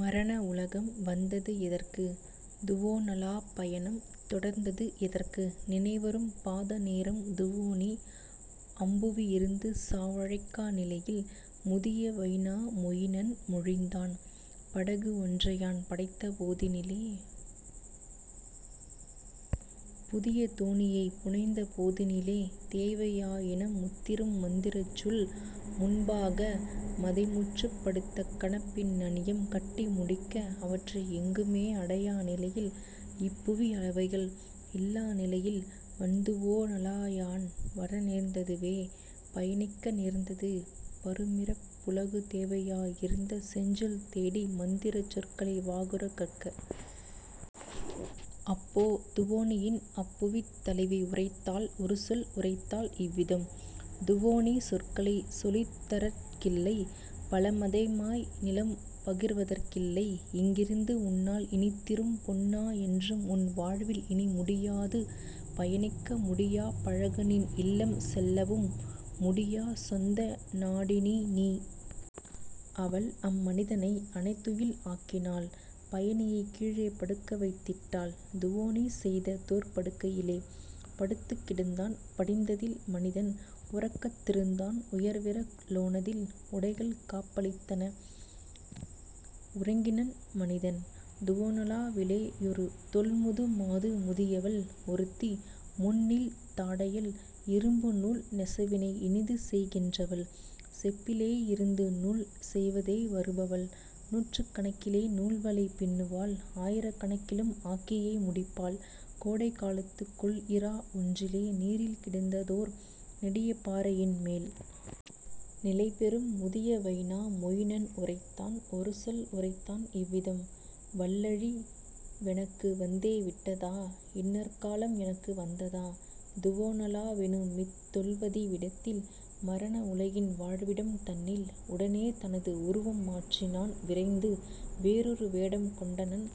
மரண உலகம் வந்தது எதற்கு? துவோனலாப் பயணம் தொடர்ந்தது எதற்கு? நினைவரும் பாத நேரம் துவோனி? அம்புவி யிருந்துசா வழைக்கா நிலையில்? " முதிய வைனா மொயினன் மொழிந்தான்: "படகு ஒன்றையான் படைத்தபோ தினிலே புதிய தோணியைப் புனைந்தபோ தினிலே தேவை யாயினமுத் திருமந் திரச்சொல் முன்பா கமதை முற்றுப் படுத்த கனப்பின் னணியம் கட்டி முடிக்க; அவற்றை எங்குமே அடையா நிலையில் இப்புவி அவைகள் இல்லா நிலையில் வன்துவோ னலாயான் வரநேர்ந் ததுவே பயணிக்க நேர்ந்தது பருமிறப் புலகு தேவையா யிருந்த செஞ்சொல் தேடி மந்திரச் சொற்களை வாகுறக் கற்க. " அப்போ துவோனியின் அம்புவித் தலைவி உரைத்தாள் ஒருசொல் உரைத்தாள் இவ்விதம்: "துவோனி சொற்களைச் சொலித்தரற் கில்லை பலமதை மாய்நிலம் பகிர்வதற் கில்லை இங்கிருந்து உன்னால் இனித்திரும் பொண்ணா என்றும்உன் வாழ்வில் இனிமுடி யாது பயணிக்க முடியா பழகுநின் இல்லம் செல்லவும் முடியா சொந்தநா டினிநீ. " அவள்அம் மனிதனை அணைதுயில் ஆக்கினாள் பயணியைக் கீழே படுக்கவைத் திட்டாள் துவோனி செய்த தோற்படுக் கையிலே; படுத்துக் கிடந்தான் படிந்ததில் மனிதன் உறக்கத் திருந்தான் உயர்விற லோனதில் உடைகள்காப் பளித்தன உறங்கினன் மனிதன். துவோனலா விலேயொரு தொல்முது மாது முதியவள் ஒருத்தி முன்நீள் தாடையள் இரும்புநூல் நெசவினை இனிதுசெய் கின்றவள் செப்பிலே யிருந்துநூல் செய்வதே வருபவள் நூற்றுக் கணக்கிலே நூல்வலை பின்னுவாள் ஆயிரக் கணக்கிலும் ஆக்கியே முடிப்பாள் கோடைகா லத்துகொள்இரா ஒன்றிலே நீரில் கிடந்ததோர் நெடியபா றையின்மேல். நிலைபெறும் முதிய வைனா மொயினன் உரைத்தான் ஒருசொல் உரைத்தான் இவ்விதம்: "வல்லழி வெனக்கு வந்தே விட்டதா? இன்னற் காலம் எனக்கு வந்ததா? துவோனலா வெனுமித் தொல்வதி விடத்தில்? மரண உலகின் வாழ்விடம் தன்னில்? " உடனே தனது உருவம் மாற்றினான் விரைந்து வேறொரு வேடம் கொண்டனன்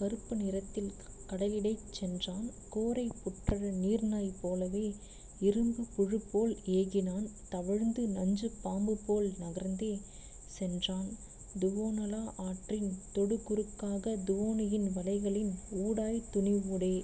கறுப்பு நிறத்தில் கடலிடைச் சென்றான் கோரைப் புற்றட நீர்நாய் போலவே இரும்புப் புழுப்போல் ஏகினான் தவழ்ந்து நஞ்சுப் பாம்புபோல் நகர்ந்தே சென்றான் துவோனலா ஆற்றின் தொடுகுறுக் காக துவோனியின் வலைகளின் ஊடாய்த் துணிவொடே.